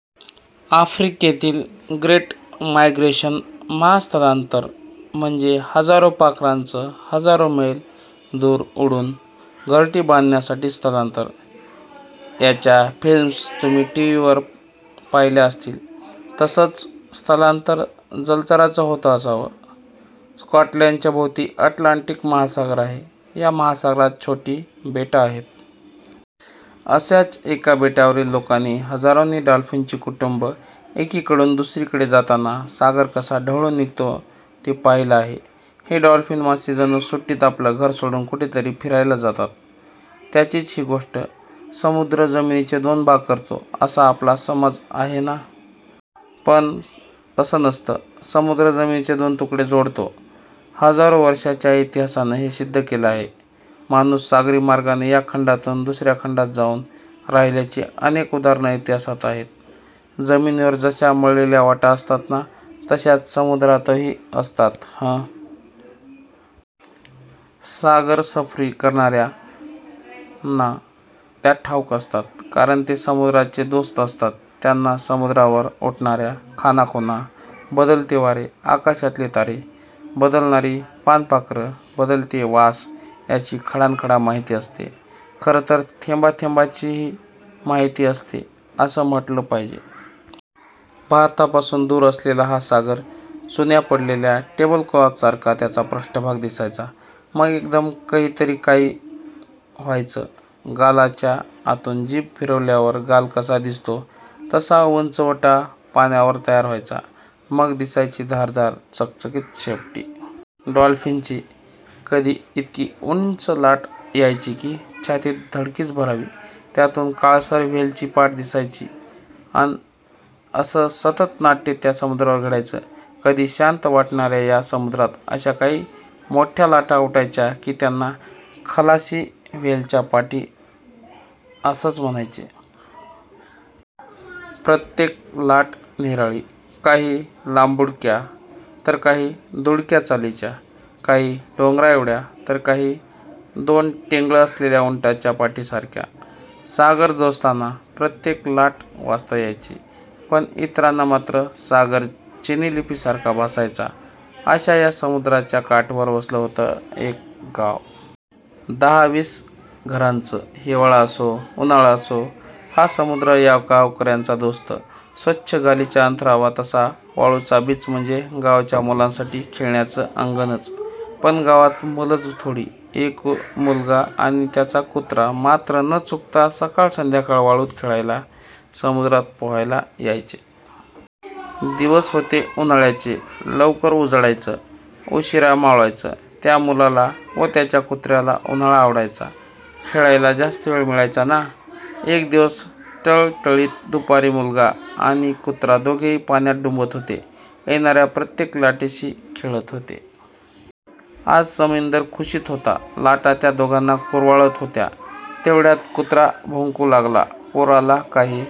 आफ्रिकेतील 'great migration' महास्थलांतर म्हणजे हजारो पाखरांचं हजारो मैल दूर ऊडून घरटी बांधण्यासाठी स्थलांतर. याच्या फिल्म्स तुम्ही टी. व्ही. वर पहिल्या असतील. तसच स्थलांतर जलचरांचं होत असावं. स्कॉटलंडच्या भोवती अॅटलांटिक महासागर आहे. या महासागरात छोटी बेटं आहेत. अशाच एका बेटावरील लोकांनी हजारोनी डॉल्फिनची कुटूंबं एकी कडून दुसरीकडे जाताना सागर कसा ढवळून निघतो ते पाहिल आहे. हे डॉल्फिन मासे जणू सुट्टीत आपलं घर सोडून कुठेतरी फिरायला जातात! त्याचीच ही गोष्ट!! समुद्र जमिनीचे दोन भाग करतो, असा आपला समाज आहे ना! पण तसं नसतं. समुद्र जमिनीचे दोन तुकडे जोडतो! हजारो वर्षाच्या इतिहासानं हे सिद्ध केलं आहे. माणूस सागरी मार्गानं या खंडातून दुसर्या खंडात जाऊन राहिल्याची अनेक उदाहरणं इतिहासात आहेत. जमिनीवर जशा मळलेल्या वाटा असतात ना, तशाच समुद्रावरही असतात हं! सागर सफरी करणार्याना त्या ठाऊक असतात. कारण ते समुद्राचे दोस्त असतात. त्यांना समुद्रावर उठणार्या खाणाखुणा, बदलते वारे, आकाशातले तारे, बदलणारी पाणपाखरं, बदलते वास याची खडानख़डा माहिती असते. खरंतर थेंबाथेंबाची माहिती असते, असं म्हटलं पाहिजे. भारतापासून दूर असलेला हा सागर... चुण्या पडलेल्या टेबलक्लॉथ सारखा त्याचा पृष्ठभाग दिसायचा... मग एकदम कहीतरी व्हायचं... गालाच्या आतून जीभ फिरवल्यावर गाल कसा दिसतो, तसा उंचवटा पाण्यावर तयार व्हायचा. मग दिसायची धारदार चकचकीत शेपटी. डॉल्फिनची. कधी इतकी उंच लाट यायची की छातीत धडकीच भरावी. त्यातून काळसर व्हेलची पाठ दिसायची. असं सतत नाट्य त्या समुद्रावर घडायचं. कधी शांत वाटणार्या या समुद्रात अशा काही मोठ्ठ्या लाटा उठायच्या, की त्याना खलाशी व्हेलच्या पाठी असच म्हणायचे. प्रत्त्येक लाट निराळी. काही लांबुडक्या, तर काही दुडक्या चालीच्या. काही डोंगराएवढ्या तर काही दोन टेंगळं असलेल्या उंटाच्या पाठीसारख्या. सागरदोस्ताना प्रत्त्येक लाट वाचता यायची. पण इतरांना मात्र सागर चिनी लिपीसारखा भासायचा. अशा या समुद्राच्या काठवर वसलं होतं एक गाव. दहा-वीस घरांचं. हिवाळा असो, उन्हाळा असो, हा समुद्र या गावकर्यांचा दोस्त. स्वच्छ गालिचा अंथरावा तसा वाळूचा बिच म्हणजे गावच्या मुलांसाठी खेळण्याचं आंगणच. पण गावात मुलच थोडी. एक मुलगा आणि त्याचा कुत्रा मात्र न चुकता सकाळ-संध्याकाळ वाळूत खेळायला, समुद्रात पोहायला यायचे. दिवस होते उन्हाळ्याचे. लवकर उजाडायचं. उशीरा मावळायचं. त्या मुलाला व त्याच्या कुत्र्याला उन्हाळा आवडायचा. खेळायला जास्त वेळ मिळायचा ना! एक दिवशी टळटळीत दुपारी मुलगा आणि कुत्रा दोघेही पाण्यात डुंबत होते. येणार्या प्रत्त्येक लाटेशी खेळत होते. आज समिंदर खुशीत होता. लाटा त्या दोघाना कुरवाळत होत्या. तेवढ्यात कुत्रा भुंकू लागला. पोराला काही